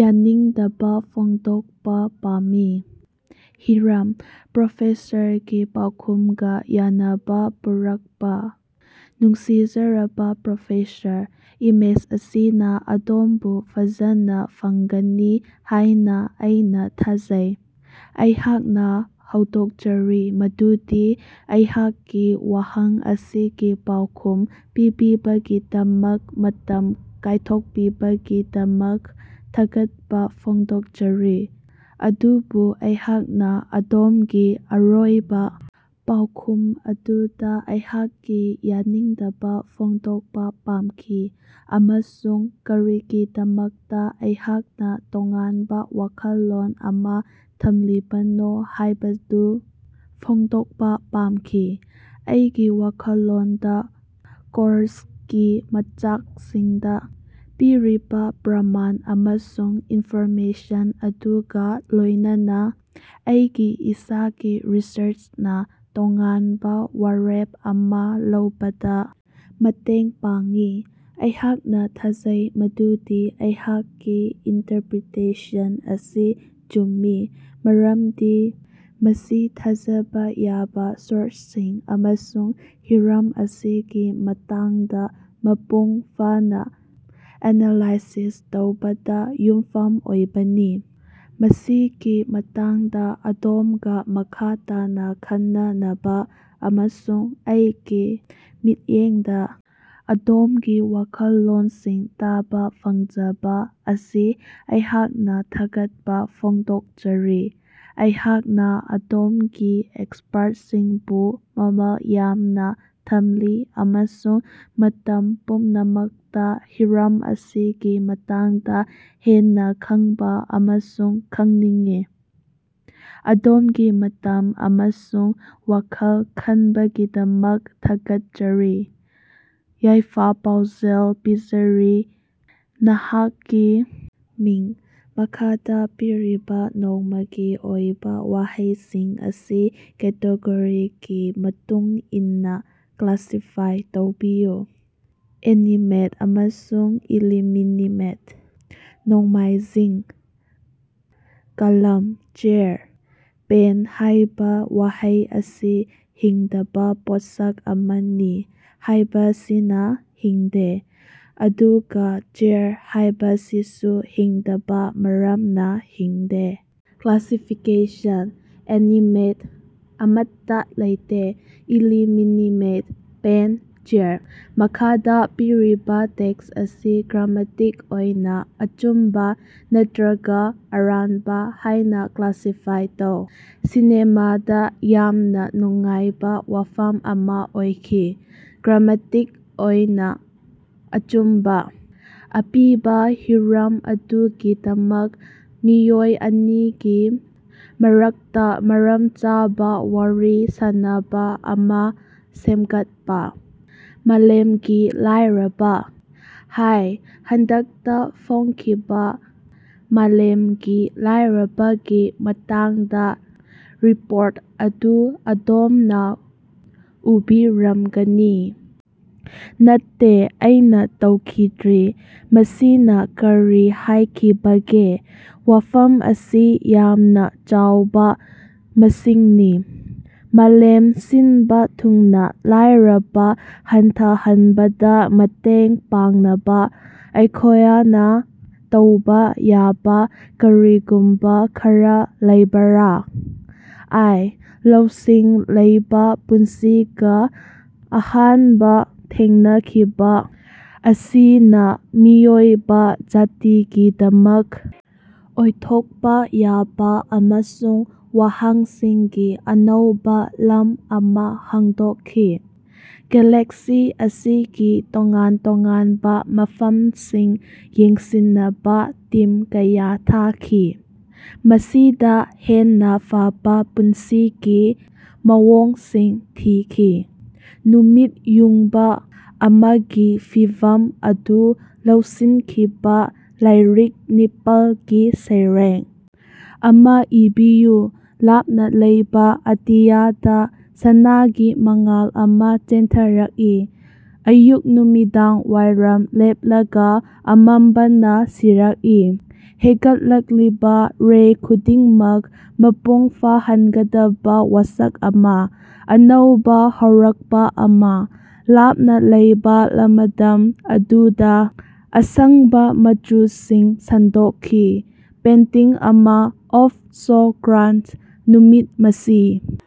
ꯌꯥꯅꯤꯡꯗꯕꯥ ꯐꯣꯡꯗꯣꯛꯄ ꯄꯥꯝꯃꯤ꯫ ꯍꯤꯔꯝ: ꯄ꯭ꯔꯣꯐꯦꯁꯔꯒꯤ ꯄꯥꯎꯈꯨꯝꯒ ꯌꯥꯅꯕ ꯄꯨꯔꯛꯄꯥ ꯅꯨꯡꯁꯤꯖꯔꯕꯥ ꯄ꯭ꯔꯣꯐꯦꯁꯔ, ꯏꯃꯦꯁ ꯑꯁꯤꯅ ꯑꯗꯣꯝꯕꯨ ꯐꯖꯅꯥ ꯐꯪꯒꯅꯤ ꯍꯥꯏꯅ ꯑꯩꯅꯥꯊꯥꯖꯩ꯫ ꯑꯩꯍꯥꯛꯅ ꯍꯧꯗꯣꯛꯆꯔꯤ ꯃꯗꯨꯗꯤ ꯑꯩꯍꯥꯛꯀꯤ ꯋꯥꯍꯪ ꯑꯁꯤꯒꯤ ꯄꯥꯎꯈꯨꯝ ꯄꯤꯕꯤꯕꯒꯤꯗꯃꯛ ꯃꯇꯝ ꯀꯥꯏꯊꯣꯛꯄꯤꯕꯒꯤꯗꯃꯛ ꯊꯥꯒꯠꯄꯥ ꯐꯣꯡꯗꯣꯛꯆꯔꯤ꯫ ꯑꯗꯨꯕꯨ ꯑꯩꯍꯥꯛꯅ ꯑꯗꯣꯝꯒꯤ ꯑꯔꯣꯏꯕꯥ ꯄꯥꯎꯈꯨꯝ ꯑꯗꯨꯗꯥ ꯑꯩꯍꯥꯛꯀꯤ ꯌꯥꯅꯤꯡꯗꯕꯥ ꯐꯣꯡꯗꯣꯛꯄꯥ ꯄꯥꯝꯈꯤ ꯑꯃꯁꯨꯡ ꯀꯔꯤꯒꯤꯗꯃꯛꯇꯥ ꯑꯩꯍꯥꯛꯅ ꯇꯣꯉꯥꯟꯕ ꯋꯥꯈꯜꯂꯣꯟ ꯑꯃ ꯊꯝꯂꯤꯕꯅꯣ ꯍꯥꯏꯕꯗꯨ ꯐꯣꯡꯗꯣꯛꯄ ꯄꯥꯝꯈꯤ꯫ ꯑꯩꯒꯤ ꯋꯥꯈꯜꯂꯣꯟꯗ ꯀꯣꯔꯁꯀꯤ ꯃꯆꯥꯛꯁꯤꯡꯗ ꯄꯤꯔꯤꯕ ꯄ꯭ꯔꯃꯥꯟ ꯑꯃꯁꯨꯡ ꯏꯟꯐꯣꯔꯃꯦꯁꯟ ꯑꯗꯨꯒ ꯂꯣꯏꯅꯅꯥ ꯑꯩꯒꯤ ꯏꯁꯥꯒꯤ ꯔꯤꯁꯔꯆꯅꯥ ꯇꯣꯉꯥꯟꯕ ꯋꯥꯔꯦꯞ ꯑꯃ ꯂꯧꯕꯗ ꯃꯇꯦꯡ ꯄꯥꯡꯏ꯫ ꯑꯩꯍꯥꯛꯅ ꯊꯥꯖꯩ ꯃꯗꯨꯗꯤ ꯑꯩꯍꯥꯛꯀꯤ ꯏꯟꯇꯔꯄꯔꯤꯇꯦꯁꯟ ꯑꯁꯤ ꯆꯨꯝꯃꯤ ꯃꯔꯝꯗꯤ ꯃꯁꯤ ꯊꯥꯖꯕ ꯌꯥꯕ ꯁꯣꯔꯁꯁꯤꯡ ꯑꯃꯁꯨꯡ ꯍꯤꯔꯝ ꯑꯁꯤꯒꯤ ꯃꯇꯥꯡꯗ ꯃꯄꯨꯡ ꯐꯥꯅꯥ ꯑꯦꯅꯥꯂꯥꯏꯁꯤꯁ ꯇꯧꯕꯗ ꯌꯨꯝꯐꯝ ꯑꯣꯏꯕꯅꯤ꯫ ꯃꯁꯤꯒꯤ ꯃꯇꯥꯡꯗ ꯑꯗꯣꯝꯒꯥ ꯃꯈꯥ ꯇꯥꯅ ꯈꯟꯅꯅꯕꯥ ꯑꯃꯁꯨꯡ ꯑꯩꯒꯤ ꯃꯤꯠꯌꯦꯡꯗꯥ ꯑꯗꯣꯝꯒꯤ ꯋꯥꯈꯜꯂꯣꯟꯁꯤꯡ ꯇꯥꯕ ꯐꯪꯖꯕꯥ ꯑꯁꯤ ꯑꯩꯍꯥꯛꯅ ꯊꯥꯒꯠꯄ ꯐꯣꯡꯗꯣꯛꯆꯔꯤ꯫ ꯑꯩꯍꯥꯛꯅ ꯑꯗꯣꯝꯒꯤ ꯑꯦꯛꯁꯄꯔꯇꯁꯤꯡꯕꯨ ꯃꯝꯜ ꯌꯥꯝꯅ ꯊꯝꯂꯤ ꯑꯃꯁꯨꯡ ꯃꯇꯝ ꯄꯨꯝꯅꯃꯛꯇꯥ ꯍꯤꯔꯝ ꯑꯁꯤꯒꯤ ꯃꯇꯥꯡꯗ ꯍꯦꯟꯅꯥ ꯈꯪꯕ ꯑꯃꯁꯨꯡ ꯈꯪꯅꯤꯡꯏ꯫ ꯑꯗꯣꯝꯒꯤ ꯃꯇꯝ ꯑꯃꯁꯨꯡ ꯋꯥꯈꯜ ꯈꯟꯕꯒꯤꯗꯃꯛ ꯊꯥꯒꯠꯆꯔꯤ꯫ ꯌꯥꯏꯐ-ꯄꯥꯎꯖꯦꯜ ꯄꯤꯖꯔꯤ, ꯅꯍꯥꯛꯀꯤ ꯃꯤꯡ꯫ ꯃꯈꯥꯗ ꯄꯤꯔꯤꯕ ꯅꯣꯡꯃꯒꯤ ꯑꯣꯏꯕ ꯋꯥꯍꯩꯁꯤꯡ ꯑꯁꯤ ꯀꯦꯇꯦꯒꯣꯔꯤꯒꯤ ꯃꯇꯨꯡ ꯏꯟꯅꯥ ꯀ꯭ꯂꯥꯁꯤꯐꯥꯏ ꯇꯧꯕꯤꯌꯨ: ꯑꯦꯅꯤꯃꯦꯠ ꯑꯃꯁꯨꯡ ꯏꯂꯤꯃꯤꯅꯤꯃꯦꯠ꯫ ꯅꯣꯡꯃꯥꯏꯖꯤꯡ: ꯀꯂꯝ, ꯆꯦꯌꯥꯔ꯫ 'ꯄꯦꯟ' ꯍꯥꯏꯕ ꯋꯥꯍꯩ ꯑꯁꯤ ꯍꯤꯡꯗꯕꯥ ꯄꯣꯠꯁꯛ ꯑꯃꯅꯤ ꯍꯥꯏꯕꯁꯤꯅ ꯍꯤꯡꯗꯦ, ꯑꯗꯨꯒ 'ꯆꯦꯌꯥꯔ' ꯍꯥꯏꯕꯁꯤꯁꯨ ꯍꯤꯡꯗꯕꯥ ꯃꯔꯝꯅ ꯍꯤꯡꯗꯦ꯫ ꯀ꯭ꯂꯥꯁꯤꯐꯤꯀꯦꯁꯟ: ꯑꯦꯅꯤꯃꯦꯠ: ꯑꯃꯠꯇꯥ ꯂꯩꯇꯦ ꯏꯂꯤꯃꯤꯅꯤꯃꯦꯠ: ꯄꯦꯟ, ꯆꯦꯌꯥꯔ꯫ ꯃꯈꯥꯗ ꯄꯤꯔꯤꯕ ꯇꯦꯛꯁ ꯑꯁꯤ ꯒ꯭ꯔꯥꯃꯦꯇꯤꯛ ꯑꯣꯏꯅ ꯑꯆꯨꯝꯕ ꯅꯠꯇꯔꯒ ꯑꯔꯥꯟꯕ ꯍꯥꯏꯅ ꯀ꯭ꯂꯥꯁꯤꯐꯥꯏ ꯇꯧ꯫ ꯁꯤꯅꯦꯃꯥꯗ ꯌꯥꯝꯅ ꯅꯨꯡꯉꯥꯏꯕ ꯋꯥꯐꯝ ꯑꯃ ꯑꯣꯏꯈꯤ꯫ ꯒ꯭ꯔꯥꯃꯦꯇꯤꯛ ꯑꯣꯏꯅ ꯑꯆꯨꯝꯕ) ꯑꯄꯤꯕ ꯍꯤꯔꯝ ꯑꯗꯨꯒꯤꯗꯃꯛ ꯃꯤꯑꯣꯏ ꯑꯅꯤꯒꯤ ꯃꯔꯛꯇ ꯃꯔꯝ ꯆꯥꯕ ꯋꯥꯔꯤ ꯁꯥꯅꯕ ꯑꯃ ꯁꯦꯝꯒꯠꯄ꯫ ꯃꯥꯂꯦꯝꯒꯤ ꯂꯥꯏꯔꯕ꯫ ꯍꯥꯏ, ꯍꯟꯗꯛꯇ ꯐꯣꯡꯈꯤꯕ ꯃꯥꯂꯦꯝꯒꯤ ꯂꯥꯏꯔꯕꯒꯤ ꯃꯇꯥꯡꯗ ꯔꯤꯄꯣꯔꯠ ꯑꯗꯨ ꯑꯗꯣꯝꯅ ꯎꯕꯤꯔꯝꯒꯅꯤ? ꯅꯠꯇꯦ, ꯑꯩꯅ ꯇꯧꯈꯤꯗ꯭ꯔꯤ꯫ ꯃꯁꯤꯅ ꯀꯔꯤ ꯍꯥꯏꯈꯤꯕꯒꯦ? ꯋꯥꯐꯝ ꯑꯁꯤ ꯌꯥꯝꯅ ꯆꯥꯎꯕ ꯃꯁꯤꯡꯅꯤ꯫ ꯃꯥꯂꯦꯝ ꯁꯤꯟꯕꯥ ꯊꯨꯡꯅꯥ ꯂꯥꯏꯔꯕ ꯍꯟꯊꯍꯟꯕꯗ ꯃꯇꯦꯡ ꯄꯥꯡꯅꯕ ꯑꯩꯈꯣꯌꯅ ꯇꯧꯕ ꯌꯥꯕ ꯀꯔꯤꯒꯨꯝꯕ ꯈꯔꯥ ꯂꯩꯕꯔꯥ? ꯑꯥꯏ. ꯂꯧꯁꯤꯡ ꯂꯩꯕ ꯄꯨꯟꯁꯤꯒ ꯑꯍꯥꯟꯕ ꯊꯦꯡꯅꯈꯤꯕ ꯑꯁꯤꯅ ꯃꯤꯑꯣꯏꯕ ꯖꯥꯇꯤꯒꯤꯗꯃꯛ ꯑꯣꯏꯊꯣꯛꯄ ꯌꯥꯕ ꯑꯃꯁꯨꯡ ꯋꯥꯍꯪꯁꯤꯡꯒꯤ ꯑꯅꯧꯕ ꯂꯝ ꯑꯃ ꯍꯥꯡꯗꯣꯛꯈꯤ꯫ ꯒꯦꯂꯦꯛꯁꯤ ꯑꯁꯤꯒꯤ ꯇꯣꯉꯥꯟ ꯇꯣꯉꯥꯟꯕ ꯃꯐꯝꯁꯤꯡ ꯌꯦꯡꯁꯤꯟꯅꯕ ꯇꯤꯝ ꯀꯌꯥ ꯊꯥꯈꯤ, ꯃꯁꯤꯗ ꯍꯦꯟꯅ ꯐꯕꯥ ꯄꯨꯟꯁꯤꯒꯤ ꯃꯑꯣꯡꯁꯤꯡ ꯊꯤꯈꯤ꯫ ꯅꯨꯃꯤꯠ ꯌꯨꯡꯕꯥ ꯑꯃꯒꯤ ꯐꯤꯚꯝ ꯑꯗꯨ ꯂꯧꯁꯤꯟꯈꯤꯕ ꯂꯥꯏꯔꯤꯛ ꯅꯤꯄꯥꯜ ꯒꯤ ꯁꯩꯔꯦꯡ ꯑꯃ ꯏꯕꯤꯌꯨ꯫ ꯂꯥꯞꯅ ꯂꯩꯕ ꯑꯇꯤꯌꯥꯗ ꯁꯅꯥꯒꯤ ꯃꯉꯥꯜ ꯑꯃ ꯆꯦꯟꯊꯔꯛꯏ, ꯑꯌꯨꯛ ꯅꯨꯃꯤꯗꯥꯡꯋꯥꯏꯔꯝ ꯂꯦꯞꯂꯒ ꯑꯃꯝꯕꯅꯥ ꯁꯤꯔꯛꯏ꯫ ꯍꯦꯒꯠꯂꯛꯂꯤꯕ ꯔꯦ ꯈꯨꯗꯤꯡꯃꯛ, ꯃꯄꯨꯡ ꯐꯥꯍꯟꯒꯗꯕ ꯋꯥꯁꯛ ꯑꯃ, ꯑꯅꯧꯕ ꯍꯧꯔꯛꯄꯥ ꯑꯃ, ꯂꯥꯞꯅ ꯂꯩꯕ ꯂꯃꯗꯝ ꯑꯗꯨꯗ꯫ ꯑꯁꯥꯡꯕ ꯃꯆꯨꯁꯤꯡ ꯁꯟꯗꯣꯛꯈꯤ, ꯄꯦꯟꯇꯤꯡ ꯑꯃ ꯑꯣꯐ ꯁꯣ ꯒ꯭ꯔꯦꯟꯗ, ꯅꯨꯃꯤꯠ, ꯃꯁꯤ꯫